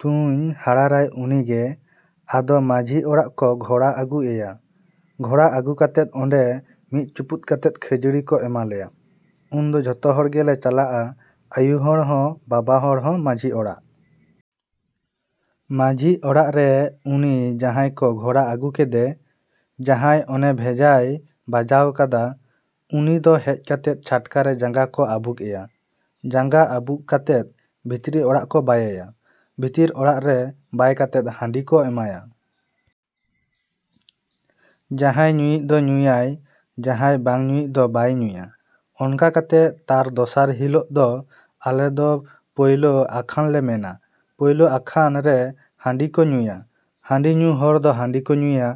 ‎ᱛᱩᱧ ᱦᱟᱲᱟᱨᱟᱭ ᱩᱱᱤᱜᱮ ᱟᱫᱚ ᱢᱟᱺᱡᱷᱤ ᱚᱲᱟᱜ ᱠᱚ ᱜᱷᱚᱲᱟ ᱟᱹᱜᱩ ᱮᱭᱟ᱾ ᱜᱷᱚᱲᱟ ᱟᱹᱜᱩ ᱠᱟᱛᱮᱫ ᱚᱸᱰᱮ ᱢᱤᱫ ᱪᱩᱯᱩᱫ ᱠᱟᱛᱮᱫ ᱠᱷᱟᱹᱡᱟᱹᱲᱤ ᱠᱚ ᱮᱢᱟ ᱞᱮᱭᱟ᱾ ᱩᱱᱫᱚ ᱡᱷᱚᱛᱚ ᱦᱚᱲ ᱜᱮᱞᱮ ᱪᱟᱞᱟᱜᱼᱟ ᱟᱹᱭᱩ ᱦᱚᱲ ᱦᱚᱸ ᱵᱟᱵᱟ ᱦᱚᱲ ᱦᱚᱸ ᱢᱟᱹᱡᱷᱤ ᱚᱲᱟᱜ᱾ ᱢᱟᱹᱡᱷᱤ ᱚᱲᱟᱜ ᱨᱮ ᱩᱱᱤ ᱡᱟᱦᱟᱸᱭ ᱠᱚ ᱜᱷᱚᱲᱟ ᱟᱹᱜᱩ ᱠᱮᱫᱮ ᱡᱟᱦᱟᱸᱭ ᱚᱱᱮ ᱵᱷᱮᱡᱟᱭ ᱵᱟᱡᱟᱣ ᱠᱟᱫᱟ ᱩᱱᱤ ᱫᱚ ᱦᱮᱡ ᱠᱟᱛᱮᱫ ᱪᱷᱟᱴᱠᱟᱨᱮ ᱡᱟᱸᱜᱟ ᱠᱚ ᱟᱹᱵᱩᱠ ᱮᱭᱟ᱾ ᱡᱟᱸᱜᱟ ᱟᱹᱵᱩᱠ ᱠᱟᱛᱮᱫ ᱵᱷᱤᱛᱨᱤ ᱚᱲᱟᱜ ᱠᱚ ᱵᱟᱭᱮᱭᱟ᱾ ᱵᱷᱤᱛᱤᱨ ᱚᱲᱟᱜ ᱨᱮ ᱵᱟᱭ ᱠᱟᱛᱮᱫ ᱦᱟᱺᱰᱤ ᱠᱚ ᱮᱢᱟᱭᱟ᱾ ᱡᱟᱦᱟᱸᱭ ᱧᱩᱭᱤᱡ ᱫᱚ ᱧᱩᱭᱟᱭ ᱡᱟᱦᱟᱸᱭ ᱵᱟᱝ ᱧᱩᱭᱤᱡ ᱫᱚ ᱵᱟᱭ ᱧᱩᱭᱟ᱾ ᱚᱱᱠᱟ ᱠᱟᱛᱮᱫ ᱛᱟᱨ ᱫᱚᱥᱟᱨ ᱦᱤᱞᱚᱜ ᱫᱚ ᱟᱞᱮ ᱫᱚ ᱯᱟᱹᱭᱞᱟᱹ ᱟᱠᱷᱟᱱᱞᱮ ᱢᱮᱱᱟ ᱯᱟᱹᱭᱞᱟᱹ ᱟᱠᱷᱟᱱ ᱨᱮ ᱦᱟᱺᱰᱤ ᱠᱚ ᱧᱩᱭᱟ᱾ ᱦᱟᱺᱰᱤ ᱧᱩ ᱦᱚᱲ ᱫᱚ ᱦᱟᱺᱰᱤ ᱠᱚ ᱧᱩᱭᱟ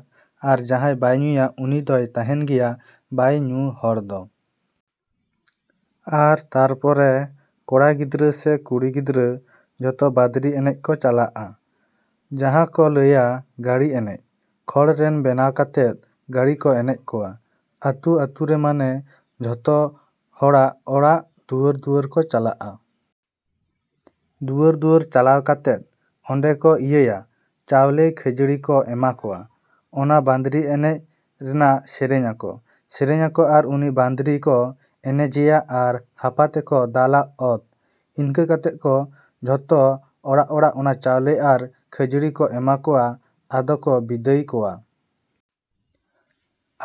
ᱟᱨ ᱡᱟᱦᱟᱸᱭ ᱵᱟᱭ ᱧᱩᱭᱟ ᱩᱱᱤ ᱫᱚᱭ ᱛᱟᱦᱮᱱ ᱜᱮᱭᱟ ᱵᱟᱭ ᱧᱩ ᱦᱚᱲ ᱫᱚ᱾ ᱟᱨ ᱛᱟᱨᱯᱚᱨᱮ ᱠᱚᱲᱟ ᱜᱤᱫᱽᱨᱟᱹ ᱥᱮ ᱠᱩᱲᱤ ᱜᱤᱫᱽᱨᱟᱹ ᱡᱷᱚᱛᱚ ᱵᱟᱹᱫᱽᱨᱤ ᱮᱱᱮᱡ ᱠᱚ ᱪᱟᱞᱟᱜᱼᱟ ᱡᱟᱦᱟᱸ ᱠᱚ ᱞᱟᱹᱭᱟ ᱜᱟᱹᱲᱤ ᱮᱱᱮᱡ ᱠᱷᱚᱲ ᱨᱮᱱ ᱵᱮᱱᱟᱣ ᱠᱟᱛᱮᱫ ᱜᱟᱹᱲᱤ ᱠᱚ ᱮᱱᱮᱡ ᱠᱚᱣᱟ᱾ ᱟᱹᱛᱩ ᱟᱹᱛᱩᱨᱮ ᱢᱟᱱᱮ ᱡᱷᱚᱛᱚ ᱦᱚᱲᱟᱜ ᱚᱲᱟᱜ ᱫᱩᱣᱟᱹᱨᱼᱫᱩᱣᱟᱹᱨ ᱠᱚ ᱪᱟᱞᱟᱜᱼᱟ᱾ ᱫᱩᱣᱟᱹᱨᱼᱫᱩᱣᱟᱹᱨ ᱪᱟᱞᱟᱣ ᱠᱟᱛᱮᱫ ᱚᱸᱰᱮ ᱠᱚ ᱤᱭᱟᱹᱭᱟ ᱪᱟᱣᱞᱮ ᱠᱷᱟᱹᱡᱟᱹᱲᱤ ᱠᱚ ᱮᱢᱟ ᱠᱚᱣᱟ᱾ ᱚᱱᱟ ᱵᱟᱸᱫᱽᱨᱤ ᱮᱱᱮᱡ ᱨᱮᱱᱟᱜ ᱥᱮᱨᱮᱧᱟᱠᱚ, ᱥᱮᱨᱮᱧᱟᱠᱚ ᱟᱨ ᱩᱱᱤ ᱵᱟᱸᱫᱽᱨᱤ ᱠᱚ ᱮᱱᱮᱡᱮᱭᱟ ᱟᱨ ᱦᱟᱯᱟ ᱛᱮᱠᱚ ᱫᱟᱞᱟ ᱚᱛ᱾ ᱤᱱᱠᱟᱹ ᱠᱟᱛᱮᱫ ᱠᱚ ᱡᱷᱚᱛᱚ ᱚᱲᱟᱜᱼᱚᱲᱟᱜ ᱚᱱᱟ ᱪᱟᱣᱞᱮ ᱟᱨ ᱠᱷᱟᱹᱡᱟᱲᱤ ᱠᱚ ᱮᱢᱟᱠᱚᱣᱟ ᱟᱫᱚ ᱠᱚ ᱵᱤᱫᱟᱹᱭ ᱠᱚᱣᱟ᱾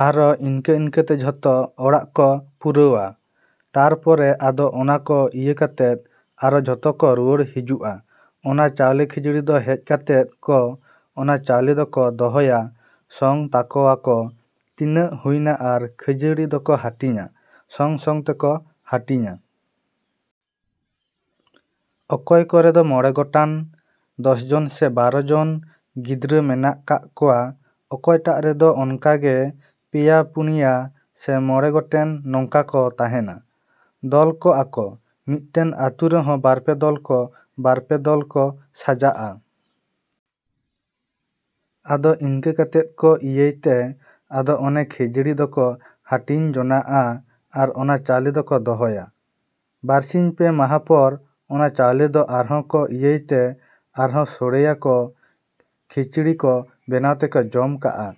ᱟᱨᱚ ᱤᱱᱠᱟᱹ ᱤᱱᱠᱟᱹ ᱛᱮ ᱡᱷᱚᱛᱚ ᱚᱲᱟᱜ ᱠᱚ ᱯᱩᱨᱟᱹᱣᱟ᱾ ᱛᱟᱨᱯᱚᱨᱮ ᱟᱫᱚ ᱚᱱᱟ ᱠᱚ ᱤᱭᱟᱹ ᱠᱟᱛᱮᱫ ᱟᱨᱚ ᱡᱷᱚᱛᱚ ᱠᱚ ᱨᱩᱣᱟᱹᱲ ᱦᱤᱡᱩᱜᱼᱟ᱾ ᱚᱱᱟ ᱪᱟᱣᱞᱮ ᱠᱷᱟᱹᱡᱟᱹᱲᱤ ᱫᱚ ᱦᱮᱡ ᱠᱟᱛᱮᱫ ᱠᱚ ᱚᱱᱟ ᱪᱟᱣᱞᱮ ᱫᱚᱠᱚ ᱫᱚᱦᱚᱭᱟ ᱥᱚᱝ ᱛᱟᱠᱚᱣᱟᱠᱚ ᱛᱤᱱᱟᱹᱜ ᱦᱩᱭᱱᱟ ᱟᱨ ᱠᱷᱟᱹᱡᱟᱹᱲᱤ ᱫᱚᱠᱚ ᱦᱟᱹᱴᱤᱧᱟ ᱥᱚᱝᱼᱥᱚᱝ ᱛᱮᱠᱚ ᱦᱟᱹᱴᱤᱧᱟ᱾ ᱚᱠᱚᱭ ᱠᱚ ᱨᱮᱫᱚ ᱢᱚᱬᱮ ᱜᱚᱴᱟᱱ ᱫᱚᱥ ᱡᱚᱱ ᱥᱮ ᱵᱟᱨᱚ ᱡᱚᱱ ᱜᱤᱫᱽᱨᱟᱹ ᱢᱮᱱᱟᱜ ᱠᱟᱜ ᱠᱚᱣᱟ ᱚᱠᱚᱭᱴᱟᱜ ᱨᱮᱫᱚ ᱚᱱᱠᱟᱜᱮ ᱯᱮᱭᱟ ᱯᱩᱱᱭᱟ ᱥᱮ ᱢᱚᱬᱮ ᱜᱚᱴᱮᱱ ᱱᱚᱝᱠᱟ ᱠᱚ ᱛᱟᱦᱮᱱᱟ᱾ ᱫᱚᱞ ᱠᱚᱜᱼᱟᱠᱚ ᱢᱤᱫᱴᱮᱱ ᱟᱹᱛᱩ ᱨᱮᱦᱚᱸ ᱵᱟᱨᱯᱮ ᱫᱚᱞ ᱠᱚ ᱵᱟᱨ ᱯᱮ ᱫᱚᱞ ᱠᱚ ᱥᱟᱡᱟᱜᱼᱟ᱾ ᱟᱫᱚ ᱤᱱᱠᱟᱹ ᱠᱟᱛᱮᱫ ᱠᱚ ᱤᱭᱟᱹᱭ ᱛᱮ ᱟᱫᱚ ᱚᱱᱮ ᱠᱷᱟᱹᱡᱟᱲᱤ ᱫᱚᱠᱚ ᱦᱟᱹᱴᱤᱧ ᱡᱚᱱᱟᱜᱼᱟ ᱟᱨ ᱚᱱᱟ ᱪᱟᱣᱞᱮ ᱫᱚᱠᱚ ᱫᱚᱦᱚᱭᱟ᱾ ᱵᱟᱨᱥᱤᱧ ᱯᱮ ᱢᱟᱦᱟ ᱯᱚᱨ ᱚᱱᱟ ᱪᱟᱣᱞᱮ ᱫᱚ ᱟᱨᱦᱚᱸ ᱠᱚ ᱤᱭᱟᱹᱭ ᱛᱮ ᱟᱨᱦᱚᱸ ᱥᱳᱲᱮᱭᱟᱠᱚ ᱠᱷᱤᱪᱲᱤ ᱠᱚ ᱵᱮᱱᱟᱣ ᱛᱮᱠᱚ ᱡᱚᱢ ᱠᱟᱜᱼᱟ᱾